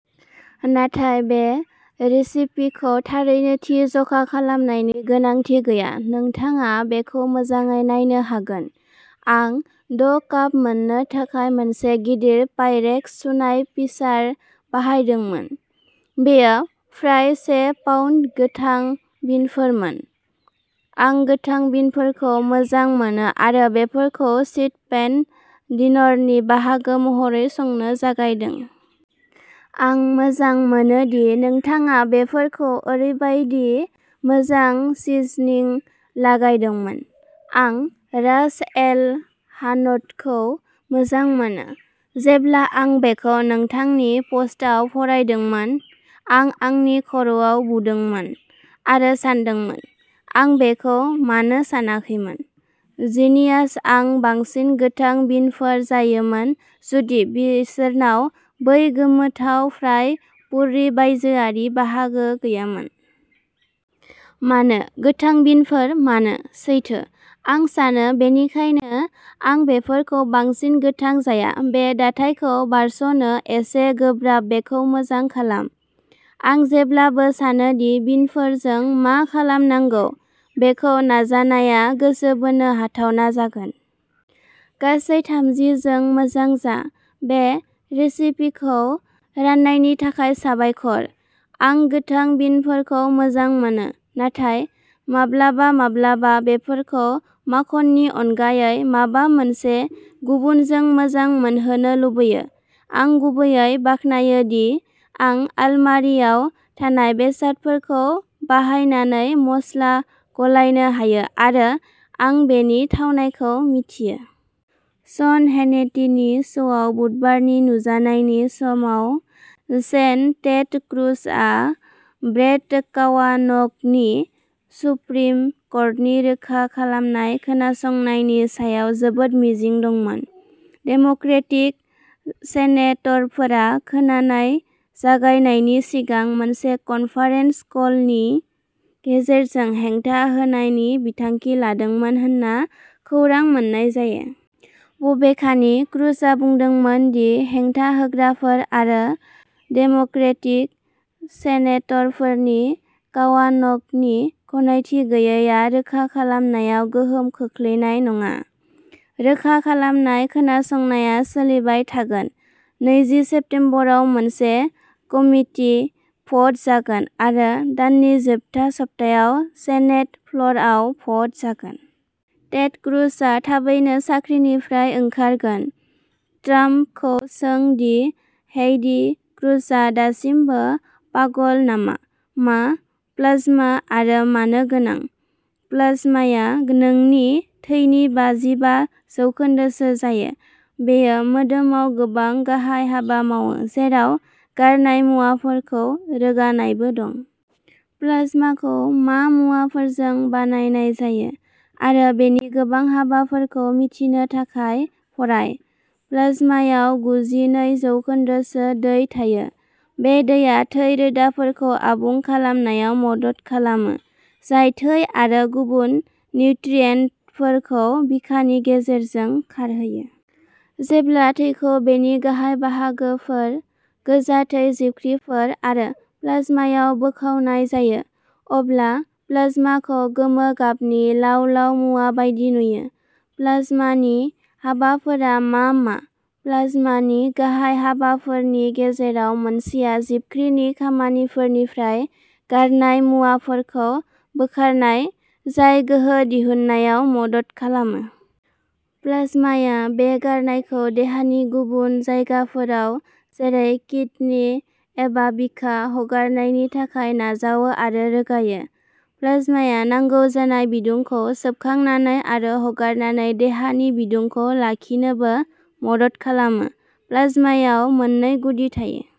नाथाय बे रेसिपिखौ थारैनो थि जखा खालामनायनि गोनांथि गैया नोंथाङा बेखौ मोजाङै नायनो हागोन। आं द' काप मोननो थाखाय मोनसे गिदिर पाइरेक्स सुनाय पिचार बाहायदोंमोन, बेयो फ्राय से पाउन्द गोथां बिनफोरमोन। आं गोथां बिनफोरखौ मोजां मोनो आरो बेफोरखौ शीट पेन डिनरनि बाहागो महरै संनो जागायदों। आं मोजां मोनो दि नोंथाङा बेफोरखौ ओरैबायदि मोजां सिजनिं लागायदोंमोन। आं रास एल हानौतखौ मोजां मोनो। जेब्ला आं बेखौ नोंथांनि पस्टआव फरायदोंमोन, आं आंनि खर'आव बुदोंमोन आरो सानदोंमोन, आं बेखौ मानो सानाखैमोन? जिनियास आं बांसिन गोथां बिनफोर जायोमोन जुदि बिसोरनाव बै गोमोथाव, फ्राय फुर्रि बायजोआरि बाहागो गैयामोन। मानो, गोथां बिनफोर, मानो? सैथो। आं सानो बेनिखायनो आं बेफोरखौ बांसिन गोथां जाया बे दाथायखौ बारस'नो एसे गोब्राब बेखौ मोजां खालाम, आं जेब्लाबो सानो दि बिनफोरजों मा खालामनांगौ, बेखौ नाजानाया गोसो बोनो हाथावना जागोन। गासै थामजि जों मोजां जा। बे रेसिपिखौ राननायनि थाखाय साबायखर। आं गोथां बिनफोरखौ मोजां मोनो, नाथाय माब्लाबा-माब्लाबा बेफोरखौ माखननि अनगायै माबा मोनसे गुबुनजों मोजां मोनहोनो लुबैयो। आं गुबैयै बाख्नायो दि आं आलमारिआव थानाय बेसादफोरखौ बाहायनानै मस्ला गलायनो हायो आरो आं बेनि थावनायखौ मिथियो। शन हेनिटिनि श'आव बुधबारनि नुजानायनि समाव, सेन टेड क्रुज आ ब्रेट कावान'गनि सुप्रिम कर्टनि रोखा खालामनाय खोनासंनायनि सायाव जोबोद मिजिं दंमोन। डेम'क्रेटिक सेनेटरफोरा खोनानाय जागायनायनि सिगां मोनसे कनफारेन्स कलनि गेजेरजों हेंथा होनायनि बिथांखि लादोंमोन होन्ना खौरां मोन्नाय जायो। बबेखानि, क्रुजआ बुंदोंमोन दि हेंथा होग्राफोर आरो डेम'क्रेटिक सेनेटरफोरनि कावान'गनि गनायथि गैयैआ रोखा खालामनायाव गोहोम खोख्लैनाय नङा। रोखा खालामनाय खोनासंनाया सोलिबाय थागोन, नैजि सेप्तेम्बराव मोनसे कमिटि भ'ट जागोन आरो दाननि जोबथा सप्तायाव सेनेट फ्ल'रआव भ'ट जागोन। टेड क्रुजआ थाबैनो साख्रिनिफ्राय ओंखारगोन। ट्राम्पखौ सों दि हेइडी क्रुजआ दासिमबो पागल नामा, मा प्लाज्मा आरो मानो गोनां? प्लाज्माया नोंनि थैनि बाजिबा जौखोन्दोसो जायो। बेयो मोदोमाव गोबां गाहाय हाबा मावो, जेराव गारनाय मुवाफोरखौ रोगानायबो दं। प्लाज्माखौ मा मुवाफोरजों बानायनाय जायो आरो बेनि गोबां हाबाफोरखौ मिथिनो थाखाय फराय। प्लाज्मायाव गुजिनै जौखोन्दोसो दै थायो। बे दैया थै रोदाफोरखौ आबुं खालामनायाव मदद खालामो, जाय थै आरो गुबुन निउट्रियेन्टफोरखौ बिखानि गेजेरजों खारहोयो। जेब्ला थैखौ बेनि गाहाय बाहागोफोर, गोजा थै जिबख्रिफोर आरो प्लाज्मायाव बोखावनाय जायो, अब्ला प्लाज्माखौ गोमो गाबनि लाव-लाव मुवा बायदि नुयो। प्लाजमानि हाबाफोरा मा मा? प्लाजमानि गाहाय हाबाफोरनि गेजेराव मोनसेआ जिबख्रिनि खामानिफोरनिफ्राय गारनाय मुवाफोरखौ बोखारनाय, जाय गोहो दिहुन्नायाव मदद खालामो। प्लाज्माया बे गारनायखौ देहानि गुबुन जायगाफोराव, जेरै किडनि एबा बिखा, हगारनायनि थाखाय नाजावो आरो रोगायो। प्लाज्माया नांगौ जानाय बिदुंखौ सोबखांनानै आरो हगारनानै देहानि बिदुंखौ लाखिनोबो मदद खालामो। प्लाज्मायाव मोननै गुदि थायो।